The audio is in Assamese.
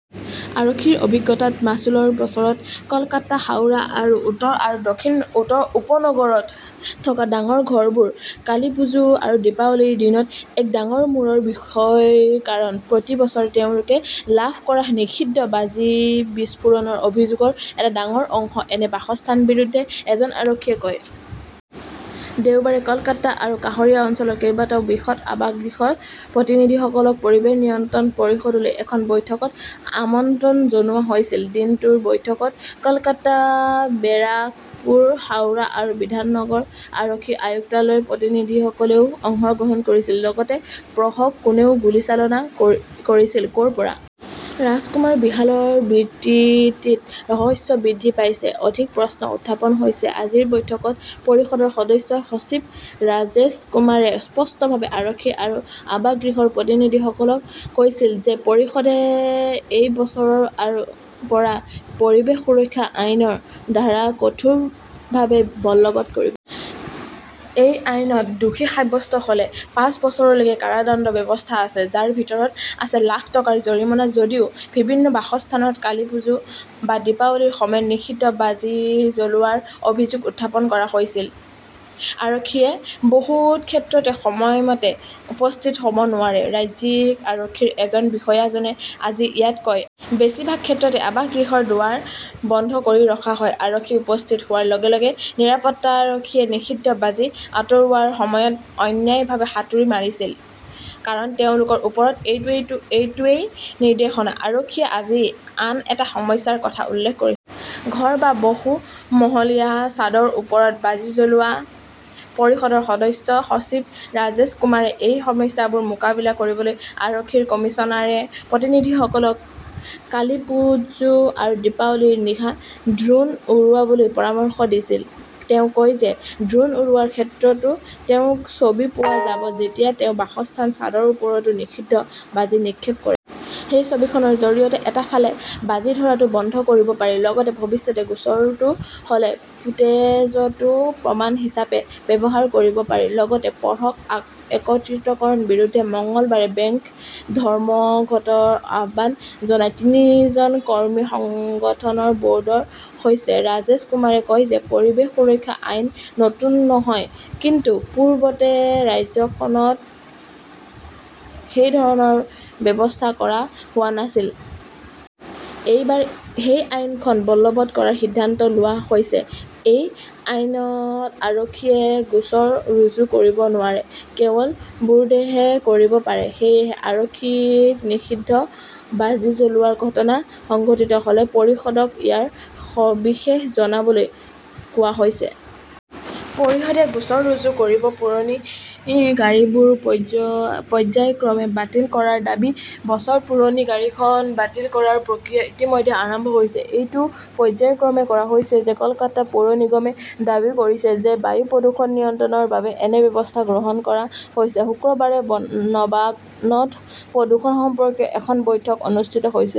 আৰক্ষীৰ অভিজ্ঞতাত, মাচুলৰ বছৰত, কলকাতা, হাওৰা আৰু উত্তৰ আৰু দক্ষিণ উপনগৰত থকা ডাঙৰ ঘৰবোৰ কালীপুজো আৰু দীপাৱলীৰ দিনত এক ডাঙৰ মূৰৰ বিষৰ কাৰণ। প্ৰতি বছৰে তেওঁলোকে লাভ কৰা নিষিদ্ধ বাজি বিস্ফোৰণৰ অভিযোগৰ এটা ডাঙৰ অংশ এনে বাসস্থানৰ বিৰুদ্ধে, এজন আৰক্ষীয়ে কয়। দেওবাৰে কলকাতা আৰু কাষৰীয়া অঞ্চলৰ কেইবাটাও বৃহৎ আৱাসগৃহৰ প্ৰতিনিধিসকলক পৰিৱেশ নিয়ন্ত্ৰণ পৰিষদলৈ এখন বৈঠকত আমন্ত্ৰণ জনোৱা হৈছিল। দিনটোৰ বৈঠকত কলকাতা, বেৰাকপুৰ, হাওৰা আৰু বিধাননগৰ আৰক্ষী আয়ুক্তালয়ৰ প্ৰতিনিধিসকলেও অংশগ্ৰহণ কৰিছিল। লগতে পঢ়ক কোনে গুলীচালনা কৰিছিল, কৰ পৰা? ৰাজকুমাৰ বিশালৰ বিবৃতিত ৰহস্য বৃদ্ধি পাইছে, অধিক প্ৰশ্ন উত্থাপন হৈছে আজিৰ বৈঠকত পৰিষদৰ সদস্য সচিব ৰাজেশ কুমাৰে স্পষ্টভাৱে আৰক্ষী আৰু আৱাসগৃহৰ প্ৰতিনিধিসকলক কৈছিল যে পৰিষদে এই বছৰৰ পৰা পৰিৱেশ সুৰক্ষা আইন ৰ ধাৰা কঠোৰভাৱে বলৱৎ কৰিব। এই আইনত দোষী সাব্যস্ত হ'লে পাঁচ বছৰলৈকে কাৰাদণ্ডৰ ব্যৱস্থা আছে, যাৰ ভিতৰত আছে লাখ টকাৰ জৰিমনা। যদিও বিভিন্ন বাসস্থানত কালীপুজো বা দীপাৱলীৰ সময়ত নিষিদ্ধ বাজি জ্বলোৱাৰ অভিযোগ উত্থাপন কৰা হৈছিল, আৰক্ষীয়ে বহু ক্ষেত্ৰত সময়মতে উপস্থিত হ'ব নোৱাৰে, ৰাজ্যিক আৰক্ষীৰ এজন বিষয়াজনে আজি ইয়াত কয়। বেছিভাগ ক্ষেত্ৰতে আৱাসগৃহৰ দুৱাৰ বন্ধ কৰি ৰখা হয়। আৰক্ষী উপস্থিত হোৱাৰ লগে - লগে নিৰাপত্তাৰক্ষীয়ে নিষিদ্ধ বাজি আঁতৰোৱাৰ সময়ত অন্যায়ভাৱে হাতুৰি মাৰিছিল। কাৰণ তেওঁলোকৰ ওপৰত এইটোৱেই নিৰ্দেশনা। আৰক্ষীয়ে আজি আন এটা সমস্যাৰ কথা উল্লেখ কৰিছে। ঘৰ বা বহুমহলীয়া ছাদৰ ওপৰত বাজি জ্বলোৱা। পৰিষদৰ সদস্য সচিব ৰাজেশ কুমাৰে এই সমস্যাবোৰ মোকাবিলা কৰিবলৈ আৰক্ষী কমিছনাৰেটৰ প্ৰতিনিধিসকলক কালিপ্পুজো আৰু দীপাৱলীৰ নিশা ড্ৰোন উৰুৱাবলৈ পৰামৰ্শ দিছিল। তেওঁ কয় যে ড্ৰোন উৰোৱাৰ ক্ষেত্ৰতো তেওঁৰ ছবি পোৱা যাব যেতিয়া তেওঁ বাসস্থানৰ ছাদৰ ওপৰতো নিষিদ্ধ বাজি নিক্ষেপ কৰে। সেই ছবিখনৰ জৰিয়তে এটা ফালে বাজি ধৰাটো বন্ধ কৰিব পাৰি, লগতে ভৱিষ্যতে গোচৰটো হ'লে ফুটেজটো প্ৰমাণ হিচাপে ব্যৱহাৰ কৰিব পাৰি। লগতে পঢ়ক একত্ৰীকৰণৰ বিৰুদ্ধে মঙলবাৰে বেংক ধৰ্মঘটৰ আহ্বান জনাই তিনিজন কৰ্মী সংগঠনৰ বৰ্ডৰ হৈছে ৰাজেশ কুমাৰে কয় যে পৰিৱেশ সুৰক্ষা আইন নতুন নহয় কিন্তু পূৰ্বতে ৰাজ্যখনত সেই ধৰণৰ ব্যৱস্থা কৰা হোৱা নাছিল। এইবাৰ সেই আইনখন বলৱৎ কৰাৰ সিদ্ধান্ত লোৱা হৈছে। এই আইনত আৰক্ষীয়ে গোচৰ ৰুজু কৰিব নোৱাৰে। কেৱল বৰ্ডহে কৰিব পাৰে। সেয়েহে আৰক্ষীক নিষিদ্ধ বাজি জ্বলোৱাৰ ঘটনা সংঘটিত হ'লে পৰিষদক ইয়াৰ সবিশেষ জনাবলৈ কোৱা হৈছে। পৰিষদে গোচৰ ৰুজু কৰিব। পুৰণি গাড়ীবোৰ পৰ্য্যায়ক্ৰমে বাতিল কৰাৰ দাবী বছৰ পুৰণি গাড়ীখন বাতিল কৰাৰ প্ৰক্ৰিয়া ইতিমধ্যে আৰম্ভ হৈছে। এইটো পৰ্য্যায়ক্ৰমে কৰা হৈছে। কলকাতা পৌৰ নিগমে দাবী কৰিছে যে বায়ু প্ৰদূষণ নিয়ন্ত্ৰণৰ বাবে এনে ব্যৱস্থা গ্ৰহণ কৰা হৈছে। শুকুৰবাৰে নবানত প্ৰদূষণ সম্পৰ্কীয় এখন বৈঠক অনুষ্ঠিত হৈছিল।